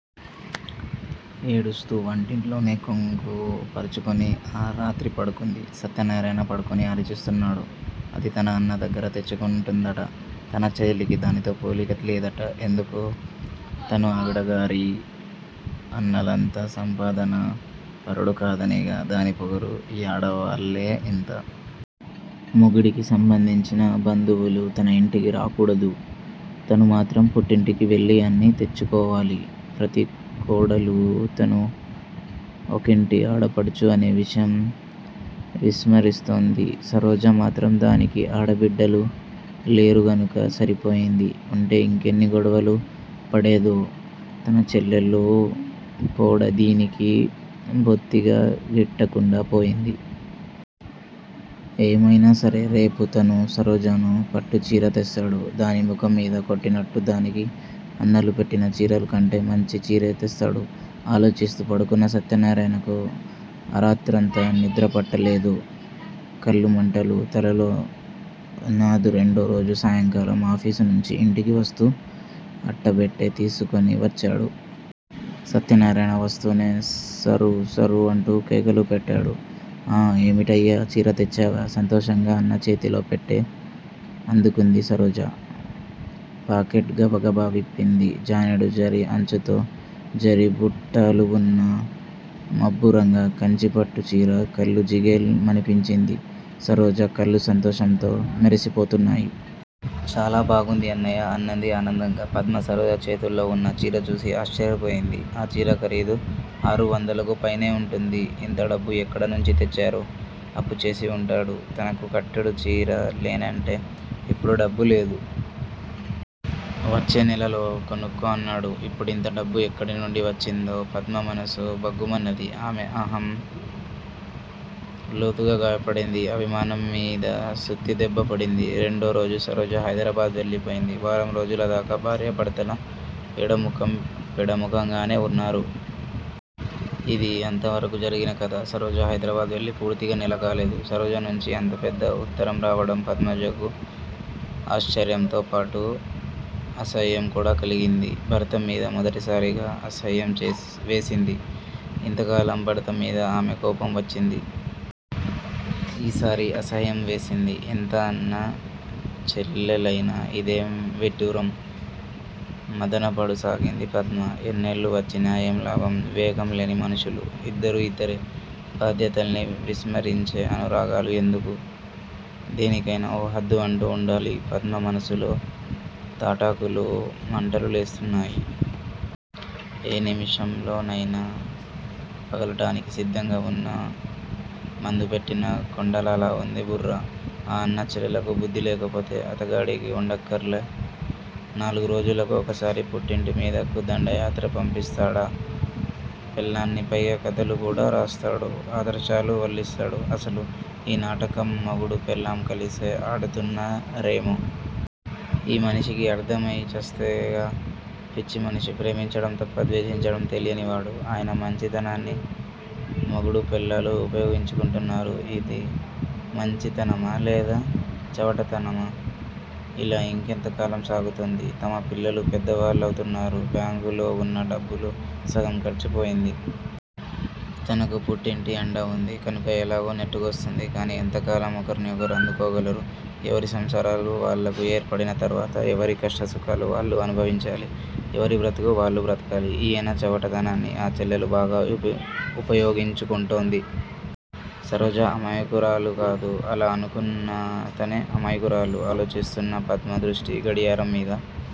ఏడుస్తూ వంటింట్లోనే కొంగు పరచుకొని ఆ రాత్రి పడుకుంది. సత్యనారాయణ పడుకొని ఆలోచిస్తున్నాడు. అది తన అన్న దగ్గర తెచ్చుకుంటుందట, తన చెల్లెకి దానితో పోలిక లేదట. ఎందుకో? తను ఆవిడ గారి అన్నలంత సంపాదనా పరుడు కాదనేగా దాని పొగరు? ఈ ఆడవాళ్ళే ఇంత! మొగుడికి సంబంధించిన బంధువులు తన ఇంటికి రాకూడదు. తను మాత్రం పుట్టింటికి వెళ్ళి అన్నీ తెచ్చుకోవాలి. ప్రతి కోడలూ తనూ ఒకింటి ఆడపడుచు అనే విషయం విస్మరిస్తుంది. సరోజ మాత్రం? దానికి ఆడ బిడ్డలు లేరుగనుక సరిపోయింది. ఉంటే ఇంకెన్ని గొడవలు పడేదో? తన చెల్లెలు పోడ దీనికి బొత్తిగా గిట్టకుండా పోయింది. ఏమైనా సరే రేపు తను సరోజను పట్టుచీర తెస్తాడు. దాని ముఖం మీద కొట్టినట్టు, దానికి అన్నలు పెట్టిన చీరల కంటే మంచి చీరే తెస్తాడు. ఆలోచిస్తూ పడుకున్న సత్యనారాయణకు ఆరాత్రంతా నిద్ర పట్టలేదు కళ్ళు మంటలు. తలలో నాదు. రెండో రోజు సాయంకాలం ఆఫీసు నుంచి ఇంటికి వస్తూ అట్ట పెట్టె తీసుకొని వచ్చాడు. సత్యనారాయణ. వస్తూనే సరూ! సరూ! అంటూ కేకలు పెట్టాడు. ఆఁ ఏమిటన్నయ్యా? చీర తెచ్చావా? సంతోషంగా అన్న చేతిలో పెట్టె అందుకుంది సరోజ. పాకెట్ గబగబా విప్పింది. జానెడు జరీ అంచుతో, జరీ బుట్టాలువున్న మబ్బురంగు కంచిపట్టు చీర. కళ్ళు జిగేల్ మనిపించింది. సరోజ కళ్ళు సంతోషంతో మెరిసిపోతున్నాయి. చాలా బాగుంది అన్నయ్యా! అన్నది ఆనందంగా. పద్మ సరోజ చేతుల్లో వున్న చీర చూసి ఆశ్చర్యపోయింది. ఆ చీర ఖరీదు ఆరు వందలకు పైనే వుంటుంది. ఇంత డబ్బు ఎక్కడ నుంచి తెచ్చారు? అప్పు చేసి వుంటాడు. తనకు కట్టుడు చీరలు లేనంటే ఇప్పుడు డబ్బు లేదు. వచ్చే నెలలో కొనుక్కో అన్నాడు! ఇప్పుడింత డబ్బు ఎక్కడి నుండి వచ్చిందో? పద్మ మనసు భగ్గుమన్నది. ఆమె అహం లోతుగా గాయపడింది. అభిమానం మీద సుత్తి దెబ్బ పడింది! రెండో రోజు సరోజ హైదరాబాద్ వెళ్ళిపోయింది. వారం రోజుల దాకా భార్యా భర్తలు ఎడముఖం పెడ ముఖంగానే వున్నారు! ఇదీ అంతవరకు జరిగిన కధ! సరోజ హైదరాబాద్ వెళ్ళి పూర్తిగా నెల కాలేదు! సరోజ నుంచి అంత పెద్ద ఉత్తరం రావడం పద్మజకు ఆశ్చర్యంతో పాటు, అసహ్యం కూడా కలిగింది, భర్త మీద మొదటిసారిగా అసహ్యం వేసింది! ఇంత కాలం భర్త మీద ఆమె కోపం వచ్చింది! ఈసారి అసహ్యం వేసింది. ఎంత అన్నా చెళ్ళెలైణా ఇదేం విడ్డూరం. మధన పడు సాగింది పద్మ! ఎన్నేళ్ళు వచ్చినా ఏం లాభం! వివేకం లేని మనుషులు! ఇద్దరూ ఇద్దరే! బాధ్యతల్ని విస్మరించే అనురాగాలు ఎందుకు? దేనికైనా ఓ హద్దు అంటూ వుండాలి! పద్మ మనసులో తాటాకులు మంటలు లేస్తునాయ్! ఏ నిమిషంలోనైనా పగలటానికి సిద్ధంగా వున్న మందు పెట్టిన కొండలాలా వుంది బుర్ర! ఆ అన్న చెల్లెళ్ళకు బుద్ధి లేకపోతే అతగాడికి వుండక్కర్లా? నాలుగు రోజులకు ఒకసారి పుట్టింటి మీదకు దండయాత్ర పంపిస్తాడా పెళ్ళాన్ని? పైగా కధలు కూడా రాస్తాడు! ఆదర్శాలు వల్లిస్తాడు! అసలు ఈ నాటకం మొగుడూ పెళ్ళాం కలిసే ఆడుతున్నా రేమో? ఈ మనిషికి అర్థం అయి చస్తేగా! పిచ్చి మనిషి! ప్రేమించడం తప్ప ద్వేషించడం తెలియనివాడు! ఆయన మంచితనాన్ని మొగుడూ పెళ్ళాలు ఉపయోగించుకుంటున్నారు! ఇది మంచి తనమా? లేదు. చవటతనమా! ఇలా ఇంకెంత కాలం సాగుతుంది? తమ పిల్లలూ పెద్ద వాళ్ళవుతున్నారు! బ్యాంకులో వున్న డబ్బులో సగం ఖర్చు పోయింది! తనకు పుట్టింటి అండ వుంది! కనుక ఎలాగో నెట్టుకొస్తుంది! కానీ ఎంతకాలం ఒకర్ని ఒకరు ఆదుకోగలరు? ఎవరి సంసారాలు వాళ్ళకు ఏర్పడిన తర్వాత ఎవరి కష్ట సుఖాలు వాళ్ళు అనుభవించాలి! ఎవరి బ్రతుకు వాళ్ళు బ్రతకాలి! ఈయన చవట తనాన్ని ఆ చెల్లెలు బాగా ఉపయోగించుకుంటోంది! సరోజ అమాయకురాలుకాదు! అలా అనుకున్న తనే అమాయకురాలు. ఆలోచిస్తున్న పద్మ దృష్టి గడియారం మీద